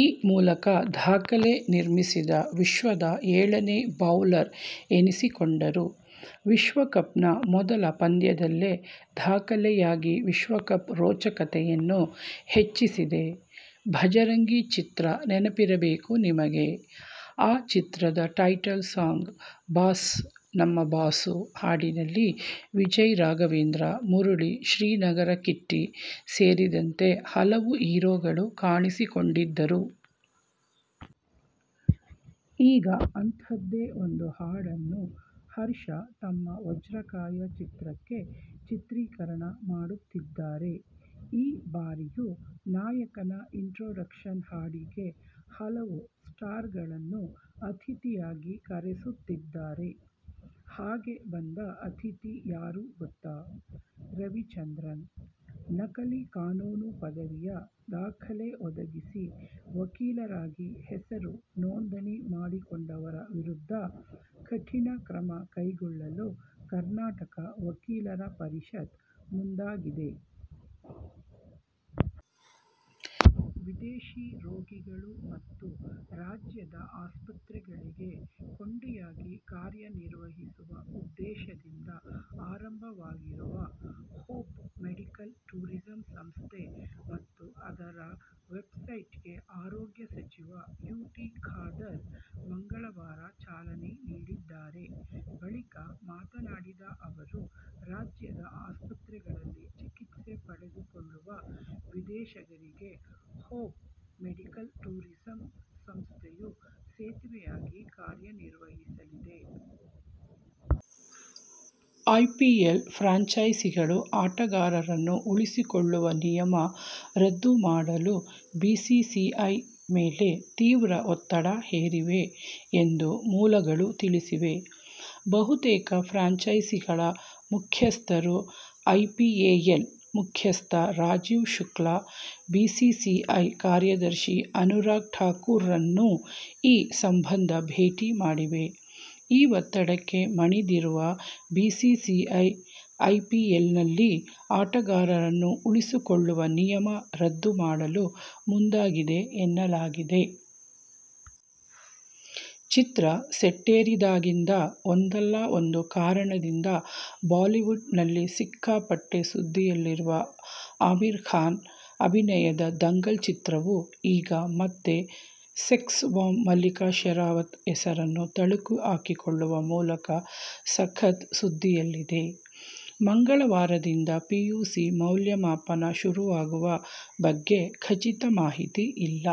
ಈ ಮೂಲಕ ದಾಖಲೆ ನಿರ್ಮಿಸಿದ ವಿಶ್ವದ ಏಳನೇ ಬೌಲರ್ ಎನಿಸಿಕೊಂಡರು. ವಿಶ್ವಕಪ್ನ ಮೊದಲ ಪಂದ್ಯದಲ್ಲೇ ದಾಖಲೆಯಾಗಿ ವಿಶ್ವಕಪ್ ರೋಚತೆಯನ್ನು ಹೆಚ್ಚಿಸಿದೆ. "ಭಜರಂಗಿ' ಚಿತ್ರ ನೆನಪಿರಬೇಕು ನಿಮಗೆ. ಆ ಚಿತ್ರದ ಟೈಟಲ್ ಸಾಂಗ್ "ಬಾಸು ನಮ್ ಬಾಸು' ಹಾಡಿನಲ್ಲಿ ವಿಜಯ್ ರಾಘವೇಂದ್ರ, ಮುರಳಿ, ಶ್ರೀನಗರ ಕಿಟ್ಟಿ ಸೇರಿದಂತೆ ಹಲವು ಹೀರೋಗಳು ಕಾಣಿಸಿಕೊಂಡಿದ್ದರು. ಈಗ ಅಂಥದ್ದೇ ಒಂದು ಹಾಡನ್ನು ಹರ್ಷ ತಮ್ಮ "ವಜ್ರಕಾಯ' ಚಿತ್ರಕ್ಕೆ ಚಿತ್ರೀಕರಣ ಮಾಡುತ್ತಿದ್ದಾರೆ. ಈ ಬಾರಿಯೂ ನಾಯಕನ ಇಂಟ್ರೊಡಕ್ಷನ್ ಹಾಡಿಗೆ ಹಲವು ಸ್ಟಾರ್ಗಳನ್ನು ಅತಿಥಿಯಾಗಿ ಕರೆಸುತ್ತಿದ್ದಾರೆ. ಹಾಗೆ ಬಂದ ಅತಿಥಿ ಯಾರು ಗೊತ್ತಾ? ರವಿಚಂದ್ರನ್. ನಕಲಿ ಕಾನೂನು ಪದವಿಯ ದಾಖಲೆ ಒದಗಿಸಿ ವಕೀಲರಾಗಿ ಹೆಸರು ನೋಂದಣಿ ಮಾಡಿಸಿಕೊಂಡವರ ವಿರುದ್ಧ ಕಠಿಣ ಕ್ರಮ ಕೈಗೊಳ್ಳಲು ಕರ್ನಾಟಕ ವಕೀಲರ ಪರಿಷತ್ ಮುಂದಾಗಿದೆ. ವಿದೇಶಿ ರೋಗಿಗಳು ಮತ್ತು ರಾಜ್ಯದ ಆಸ್ಪತ್ರೆಗಳಿಗೆ ಕೊಂಡಿಯಾಗಿ ಕಾರ್ಯನಿರ್ವಹಿಸುವ ಉದ್ದೇಶದಿಂದ ಆರಂಭವಾಗಿರುವ ಹೋಪ್ ಮೆಡಿಕಲ್ ಟೂರಿಸಂ ಸಂಸ್ಥೆ ಮತ್ತು ಅದರ ವೆಬ್ಸೈಟ್ಗೆ ಆರೋಗ್ಯ ಸಚಿವ ಯು. ಟಿ. ಖಾದರ್ ಮಂಗಳವಾರ ಚಾಲನೆ ನೀಡಿದ್ದಾರೆ. ಬಳಿಕ ಮಾತನಾಡಿದ ಅವರು, ರಾಜ್ಯದ ಆಸ್ಪತ್ರೆಗಳಲ್ಲಿ ಚಿಕಿತ್ಸೆ ಪಡೆದುಕೊಳ್ಳುವ ವಿದೇಶಿಗರಿಗೆ ಹೋಪ್ ಮೆಡಿಕಲ್ ಟೂರಿಸಂ ಸಂಸ್ಥೆಯು ಸೇತುವೆಯಾಗಿ ಕಾರ್ಯನಿರ್ವಹಿಸಲಿದೆ. ಐಪಿಎಲ್ ಫ್ರಾಂಚೈಸಿಗಳು ಆಟಗಾರರನ್ನು ಉಳಿಸಿಕೊಳ್ಳುವ ನಿಯಮ ರದ್ದು ಮಾಡಲು ಬಿಸಿಸಿಐ ಮೇಲೆ ತೀವ್ರ ಒತ್ತಡ ಹೇರಿವೆ ಎಂದು ಮೂಲಗಳು ತಿಳಿಸಿವೆ. ಬಹುತೇಕ ಫ್ರಾಂಚೈಸಿಗಳ ಮುಖ್ಯಸ್ಥರು ಐಪಿಎಎಲ್ ಮುಖ್ಯಸ್ಥ ರಾಜೀವ್ ಶುಕ್ಲಾ, ಬಿಸಿಸಿಐ ಕಾರ್ಯದರ್ಶಿ ಅನುರಾಗ್ ಠಾಕೂರ್ರನ್ನು ಈ ಸಂಬಂಧ ಭೇಟಿ ಮಾಡಿವೆ, ಈ ಒತ್ತಡಕ್ಕೆ ಮಣಿದಿರುವ ಬಿಸಿಸಿಐ ಐಪಿಎಲ್ನಲ್ಲಿ ಆಟಗಾರರನ್ನು ಉಳಿಸಿಕೊಳ್ಳುವ ನಿಯಮ ರದ್ದು ಮಾಡಲು ಮುಂದಾಗಿದೆ ಎನ್ನಲಾಗಿದೆ. ಚಿತ್ರ ಸೆಟ್ಟೇರಿದಾಗಿಂದ ಒಂದಲ್ಲ ಒಂದು ಕಾರಣದಿಂದ ಬಾಲಿವುಡ್ ನಲ್ಲಿ ಸಿಕ್ಕಾಪಟ್ಟೆ ಸುದ್ದಿಯಲ್ಲಿರುವ ಅಮೀರ್ ಖಾನ್ ಅಭಿನಯದ ದಂಗಲ್ ಚಿತ್ರವು ಈಗ ಮತ್ತೆ ಸೆಕ್ಸ್ ಬಾಂಬ್ ಮಲ್ಲಿಕಾ ಶೆರಾವತ್ ಹೆಸರನ್ನು ತಳುಕು ಹಾಕಿಸಿಕೊಳ್ಳುವ ಮೂಲಕ ಸಖತ್ ಸುದ್ದಿಯಲ್ಲಿದೆ. ಮಂಗಳವಾರದಿಂದ ಪಿಯುಸಿ ಮೌಲ್ಯಮಾಪನ ಶುರುವಾಗುವ ಬಗ್ಗೆ ಖಚಿತ ಮಾಹಿತಿ ಇಲ್ಲ.